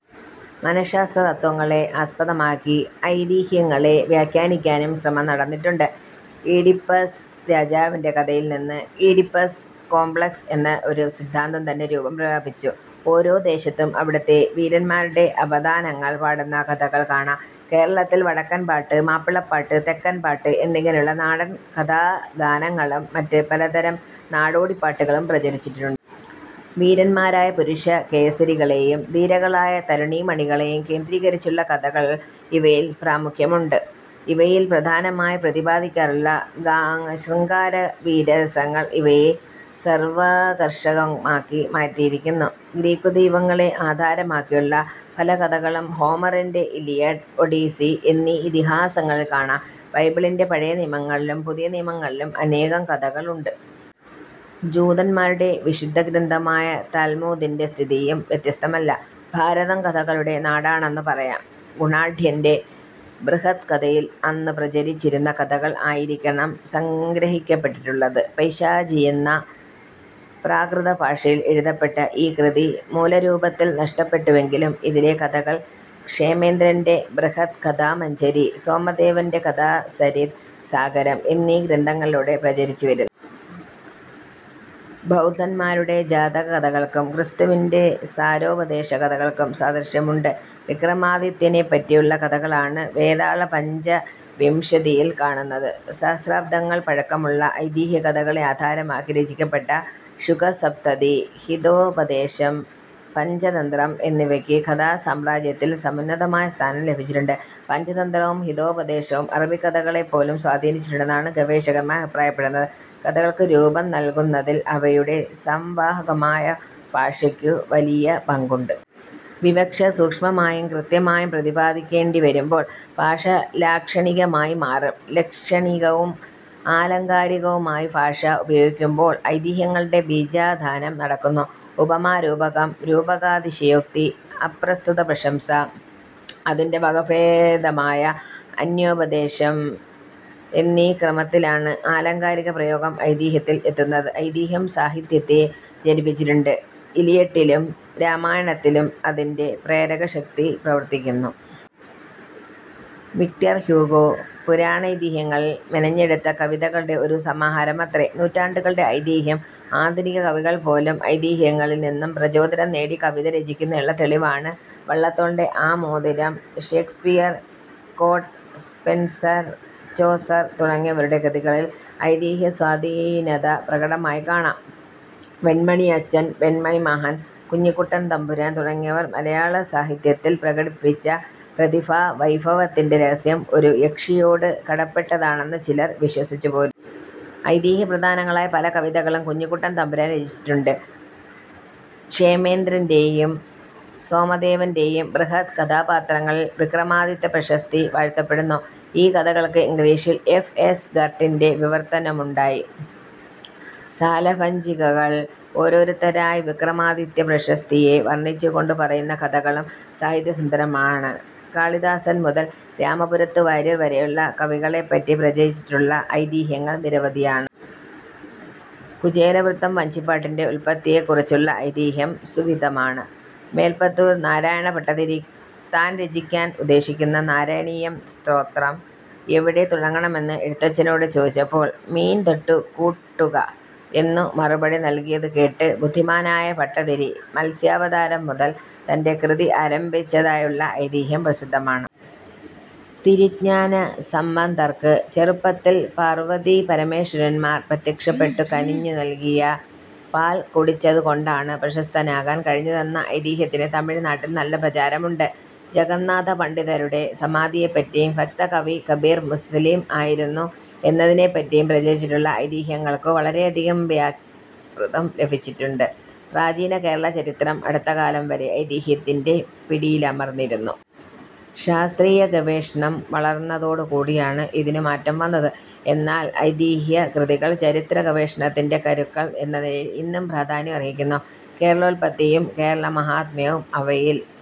മനഃശാസ്ത്ര തത്ത്വങ്ങളെ ആസ്പദമാക്കി ഐതിഹ്യങ്ങളെ വ്യാഖ്യാനിക്കാനും ശ്രമം നടന്നിട്ടുണ്ട്. ഈഡിപ്പസ് രാജാവിന്റെ കഥയിൽനിന്ന് ഈഡിപ്പസ് കോമ്പ്ലക്സ് എന്ന ഒരു സിദ്ധാന്തം തന്നെ രൂപം പ്രാപിച്ചു. ഓരോ ദേശത്തും അവിടത്തെ വീരന്മാരുടെ അപദാനങ്ങൾ പാടുന്ന കഥകൾ കാണാം. കേരളത്തിൽ വടക്കൻപാട്ട്, മാപ്പിളപ്പാട്ട്, തെക്കൻപാട്ട് എന്നിങ്ങനെയുള്ള നാടൻ കഥാഗാനങ്ങളും മറ്റ് പലതരം നാടോടിപാട്ടുകളും പ്രചരിച്ചിട്ടുണ്ട്. വീരന്മാരായ പുരുഷകേസരികളേയും ധീരകളായ തരുണീമണികളെയും കേന്ദ്രീകരിച്ചുള്ള കഥകൾക്ക് ഇവയിൽ പ്രാമുഖ്യമുണ്ട്. ഇവയിൽ പ്രധാനമായി പ്രതിപദിക്കാറുള്ള ശൃംഗാരവീര രസങ്ങൾ ഇവയെ സർവാകർഷകമാക്കി മാറ്റിയിരിക്കുന്നു. ഗ്രീക്കുദൈവങ്ങളെ ആധാരമാക്കിയുള്ള പലകഥകളും ഹോമറിന്റെ ഇലിയഡ്, ഒഡീസി എന്നീ ഇതിഹാസങ്ങളിൽ കാണാം. ബൈബിളിന്റെ പഴയ നിയമത്തിലും പുതിയ നിയമത്തിലും അനേകം കഥകൾ ഉണ്ട്. ജൂതന്മാരുടെ വിശുദ്ധഗ്രന്ഥമായ താൽമൂദിന്റെ സ്ഥിതിയും വ്യത്യസ്തമല്ല. ഭാരതം കഥകളുടെ നാടാണെന്നു പറയാം. ഗുണാഢ്യന്റെ ബൃഹത്കഥയിൽ അന്നു പ്രചരിച്ചിരുന്ന കഥകൾ ആയിരിക്കണം സംഗ്രഹിക്കപ്പെട്ടിട്ടുള്ളത്. പൈശാചിയെന്ന പ്രാകൃതഭാഷയിൽ എഴുതപ്പെട്ട ഈ കൃതി മൂലരൂപത്തിൽ നഷ്ടപ്പെട്ടുവെങ്കിലും ഇതിലെ കഥകൾ ക്ഷേമേന്ദ്രന്റെ ബൃഹത്കഥാമഞ്ജരി, സോമദേവന്റെ കഥാസരിത് സാഗരം എന്നീ ഗ്രന്ഥങ്ങളിലൂടെ പ്രചരിച്ചുവരുന്നു. ബൗദ്ധന്മാരുടെ ജാതകകഥകൾക്കും' ക്രിസ്തുവിന്റെ സാരോപദേശ കഥകൾക്കും സാദൃശ്യമുണ്ട്. വിക്രമാദിത്യനെപ്പറ്റിയുള്ള കഥകളാണ് വേതാള പഞ്ചവിംശതിയിൽ കാണുന്നത്. സഹസ്രാബ്ദങ്ങൾ പഴക്കമുള്ള ഐതിഹ്യ കഥകളെ ആധാരമാക്കി രചിക്കപ്പെട്ട ശുകസപ്തതി, ഹിതോപദേശം, പഞ്ചതന്ത്രം എന്നിവക്ക് കഥാസാമ്രാജ്യത്തിൽ സമുന്നതമായ സ്ഥാനം ലഭിച്ചിട്ടുണ്ട്. പഞ്ചതന്ത്രവും ഹിതോപദേശവും അറബികഥകളെപ്പോലും സ്വാധീനിച്ചിട്ടുണ്ടെന്നാണ് ഗവേഷകന്മാർ അഭിപ്രായപ്പെടുന്നത്. കഥകൾക്കു രൂപം നൽകുന്നതിൽ അവയുടെ സംവാഹകമായ ഭാഷയ്ക്കു വലിയ പങ്കുണ്ട്. വിവക്ഷ സൂക്ഷ്മമായും കൃത്യമായും പ്രതിപാദിക്കേണ്ടി വരുമ്പോൾ ഭാഷ ലാക്ഷണികമായി മാറും. ലക്ഷണികവും ആലങ്കാരികവുമായി ഭാഷ ഉപയോഗിക്കുമ്പോൾ ഐതിഹ്യങ്ങളുടെ ബീജാധാനം നടക്കുന്നു. ഉപമ, രൂപകം, രൂപകാതിശയോക്തി, അപ്രസ്തുത പ്രശംസ, അതിന്റെ വകഭേദമായ അന്യാപദേശം എന്നീ ക്രമത്തിലാണ് ആലങ്കാരിക പ്രയോഗം ഐതിഹ്യത്തിൽ എത്തുന്നത്. ഐതിഹ്യം സാഹിത്യത്തെ ജനിപ്പിച്ചിട്ടുണ്ട്. 'ഇലിയട്ടിലും രാമായണത്തിലും അതിന്റെ പ്രേരകശക്തി പ്രവർത്തിക്കുന്നു. വിക്ടർഹ്യൂഗൊ പുരാണൈതിഹ്യങ്ങളിൽ മെനഞ്ഞെടുത്ത കവിതകളുടെ ഒരു സമാഹാരമത്രേ നൂറ്റാണ്ടുകളുടെ ഐതിഹ്യം. ആധുനിക കവികൾപോലും ഐതിഹ്യങ്ങളിൽ നിന്നും പ്രചോദനം നേടി കവിത രചിക്കുന്നതിനു തെളിവാണ് വള്ളത്തോളിന്റെ ആ മോതിരം. ഷേക്സ്പിയർ, സ്കോട്ട്, സ്പെൻസർ, ചോസർ തുടങ്ങിയവരുടെ കൃതികളിൽ ഐതിഹ്യസ്വാധീനത പ്രകടമായി കാണാം. വെണ്മണി അച്ഛൻ, വെണ്മണി മഹൻ, കുഞ്ഞിക്കുട്ടൻതമ്പുരാൻ തുടങ്ങിയവർ മലയാളസാഹിത്യത്തിൽ പ്രകടിപ്പിച്ച പ്രതിഭാവൈഭവത്തിന്റെ രഹസ്യം ഒരു യക്ഷിയോടു കടപ്പെട്ടതാണെന്നു ചിലർ വിശ്വസിച്ചു പോരുന്നു. ഐതിഹ്യ പ്രധാനങ്ങളായ പല കവിതകളും കുഞ്ഞിക്കുട്ടൻതമ്പുരാൻ രചിച്ചിട്ടുണ്ട്. ക്ഷേമേന്ദ്രന്റെയും സോമദേവന്റെയും ബൃഹത് കഥാപാത്രങ്ങളിൽ വിക്രമാദിത്യ പ്രശസ്തി വാഴ്ത്തപ്പെടുന്നു. ഈ കഥകൾക്ക് ഇംഗ്ലീഷിൽ എഫ്. എസ്. ഗർട്ടിന്റെ വിവർത്തനമുണ്ടായി. സാലഭഞ്ജികകൾ ഓരോരുത്തരായി വിക്രമാതിത്യ പ്രശസ്തിയെ വർണിച്ചുകൊണ്ടു പറയുന്ന കഥകളും സാഹിത്യ സുന്ദരമാണ്. കാളിദാസൻ മുതൽ രാമപുരത്തു വാരിയർ വരെയുള്ള കവികളെപ്പറ്റി പ്രചരിപ്പിച്ചിട്ടുള്ള ഐതിഹ്യങ്ങൾ നിരവധിയാണ്. കുചേലവൃത്തം വഞ്ചിപ്പാട്ടിന്റെ ഉത്പത്തിയെ കുറിച്ചുള്ള ഐതിഹ്യം സുവിദിതമാണ്. മേല്പുത്തൂർ നാരായണ ഭട്ടതിരി താൻ രചിക്കാൻ ഉദ്ദേശിക്കുന്ന നാരായണീയം സ്തോത്രം എവിടെ തുടങ്ങണമെന്ന് എഴുത്തച്ഛനോടു ചോദിച്ചപ്പോൾ മീൻ തൊട്ടു കൂട്ടുക എന്നു മറുപടി നൽകിയതു കേട്ട് ബുദ്ധിമാനായ ഭട്ടതിരി മത്സ്യാവതാരം മുതൽ തന്റെ കൃതി ആരംഭിച്ചതായുള്ള ഐതിഹ്യം പ്രസിദ്ധമാണ്. തിരുഞ്ജാന സംബന്ധർക്ക് ചെറുപ്പത്തിൽ പാർവതീപരമേശ്വരന്മാർ പ്രത്യക്ഷപ്പെട്ടു കനിഞ്ഞു നൽകിയ പാൽ കുടിച്ചതു കൊണ്ടാണ് പ്രശസ്തനാകാൻ കഴിഞ്ഞതെന്ന ഐതിഹ്യത്തിന് തമിഴ് നാട്ടിൽ നല്ല പ്രചാരമുണ്ട്. ജഗന്നാഥപണ്ഡിതരുടെ സമാധിയെപ്പറ്റിയും ഭക്തകവി കബീർ മുസ്ലിം ആയിരുന്നു എന്നതിനെപ്പറ്റിയും പ്രചരിച്ചിട്ടുള്ള ഐതിഹ്യങ്ങൾക്കു വളരെയധികം വ്യാപത്വം ലഭിച്ചിട്ടുണ്ട്. പ്രാചീന കേരളചരിത്രം അടുത്തകാലം വരെ ഐതിഹ്യത്തിന്റെ പിടിയിലമർന്നിരുന്നു. ശാസ്ത്രീയ ഗവേഷണം വളർന്നതോടുകൂടിയാണ് ഇതിനു മാറ്റം വന്നത്. എന്നാൽ ഐതിഹ്യകൃതികൾ ചരിത്ര ഗവേഷണത്തിന്റെ കരുക്കൾ എന്നനിലയിൽ ഇന്നും പ്രാധാന്യം അർഹിക്കുന്നു. കേരളോത്പത്തി യും കേരളമാഹാത്മ്യവും അവയിൽ